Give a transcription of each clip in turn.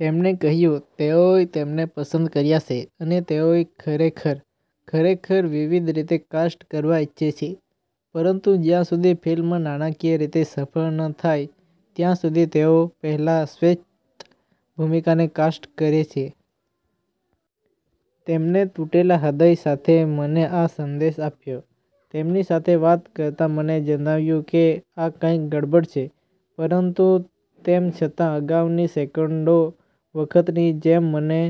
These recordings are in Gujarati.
તેમણે કહ્યું, “તેઓએ તમને પસંદ કર્યા છે અને તેઓ ખરેખર, ખરેખર વિવિધ રીતે કાસ્ટ કરવા ઇચ્છે છે, પરંતુ જ્યાં સુધી ફિલ્મ નાણાકીય રીતે સફળ ન થાય ત્યાં સુધી તેઓ પહેલા શ્વેત ભૂમિકાને કાસ્ટ કરે છે.” તેમણે તૂટેલા હૃદય સાથે મને આ સંદેશ આપ્યો. તેમની સાથે વાત કરતાં મને જણાયું કે આ કંઈક ગડબડ છે. પરંતુ તેમ છતાં, અગાઉની સેંકડો વખતની જેમ, મને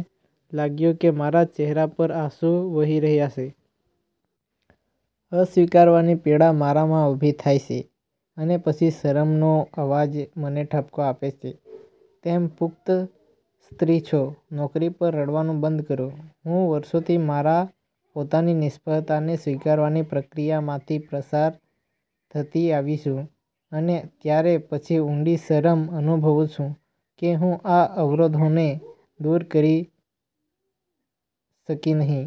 લાગ્યું કે મારા ચહેરા પર આંસુ વહી રહ્યાં છે. અસ્વીકારની પીડા મારામાં ઊભી થાય છે અને પછી શરમનો અવાજ મને ઠપકો આપે છે, “તમે પુખ્ત સ્ત્રી છો, નોકરી પર રડવાનું બંધ કરો.” હું વર્ષોથી મારી પોતાની નિષ્ફળતાને સ્વીકારવાની પ્રક્રિયામાંથી પસાર થતી આવી છું અને ત્યાર પછી ઊંડી શરમ અનુભવું છું કે હું આ અવરોધોને દૂર કરી શકી નહીં.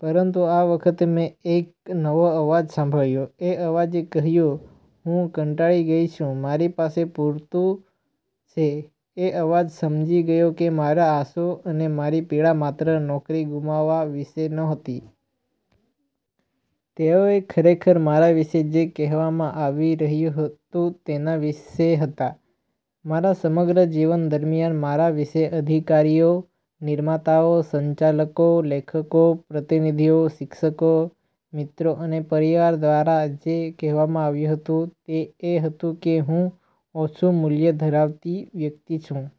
પરંતુ આ વખતે મેં એક નવો અવાજ સાંભળ્યો. એ અવાજે કહ્યું, “હું કંટાળી ગઈ છું. મારી પાસે પૂરતું છે.” એ અવાજ સમજી ગયો કે મારા આંસુ અને મારી પીડા માત્ર નોકરી ગુમાવવા વિશે નહોતી. તેઓ ખરેખર મારા વિશે જે કહેવામાં આવી રહ્યું હતું તેના વિશે હતાં. મારા સમગ્ર જીવન દરમિયાન મારા વિશે અધિકારીઓ, નિર્માતાઓ, સંચાલકો, લેખકો, પ્રતિનિધિઓ, શિક્ષકો, મિત્રો અને પરિવાર દ્વારા જે કહેવામાં આવ્યું હતું, તે એ હતું કે હું ઓછું મૂલ્ય ધરાવતી વ્યક્તિ છું.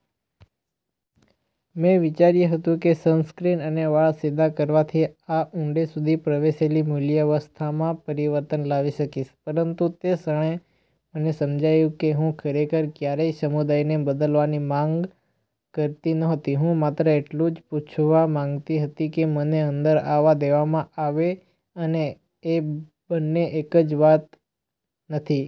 મેં વિચાર્યું હતું કે સનસ્ક્રીન અને વાળ સીધા કરવાથી આ ઊંડે સુધી પ્રવેશેલી મૂલ્યવ્યવસ્થામાં પરિવર્તન લાવી શકીશ. પરંતુ તે ક્ષણે મને સમજાયું કે હું ખરેખર ક્યારેય સમુદાયને બદલવાની માંગ કરતી નહોતી. હું માત્ર એટલું જ પૂછવા માંગતી હતી કે મને અંદર આવવા દેવામાં આવે, અને એ બંને એક જ વાત નથી.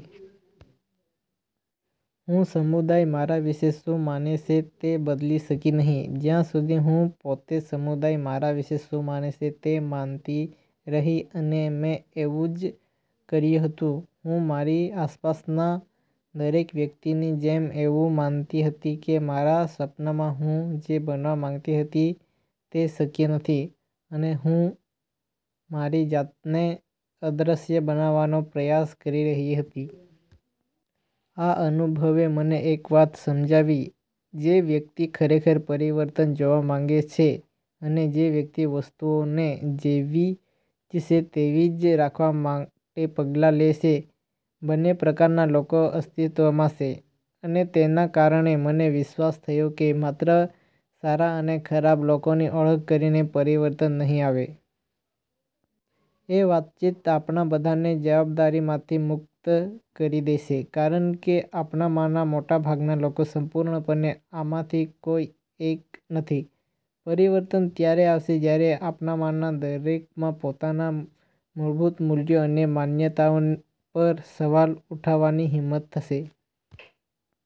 હું સમુદાય મારા વિશે શું માને છે તે બદલી શકી નહીં, જ્યાં સુધી હું પોતે સમુદાય મારા વિશે શું માને છે તે માનતી રહી. અને મેં એવું જ કર્યું હતું. હું, મારી આસપાસના દરેક વ્યક્તિની જેમ, એવું માનતી હતી કે મારા સ્વપ્નમાં હું જે બનવા માંગતી હતી તે શક્ય નથી, અને હું મારી જાતને અદૃશ્ય બનાવવાનો પ્રયાસ કરી રહી હતી. આ અનુભવે મને એક વાત સમજાવી: જે વ્યક્તિ ખરેખર પરિવર્તન જોવા માંગે છે અને જે વ્યક્તિ વસ્તુઓને જેવી છે તેવી જ રાખવા માટે પગલાં લે છે, બંને પ્રકારના લોકો અસ્તિત્વમાં છે. અને તેના કારણે મને વિશ્વાસ થયો કે માત્ર સારા અને ખરાબ લોકોની ઓળખ કરીને પરિવર્તન નહીં આવે. એ વાતચીત આપણા બધાને જવાબદારીમાંથી મુક્ત કરી દે છે, કારણ કે આપણામાંના મોટાભાગના લોકો સંપૂર્ણપણે આમાંથી કોઈ એક નથી. પરિવર્તન ત્યારે આવશે જ્યારે આપણામાંના દરેકમાં પોતાના મૂળભૂત મૂલ્યો અને માન્યતાઓ પર સવાલ ઉઠાવવાની હિંમત હશે.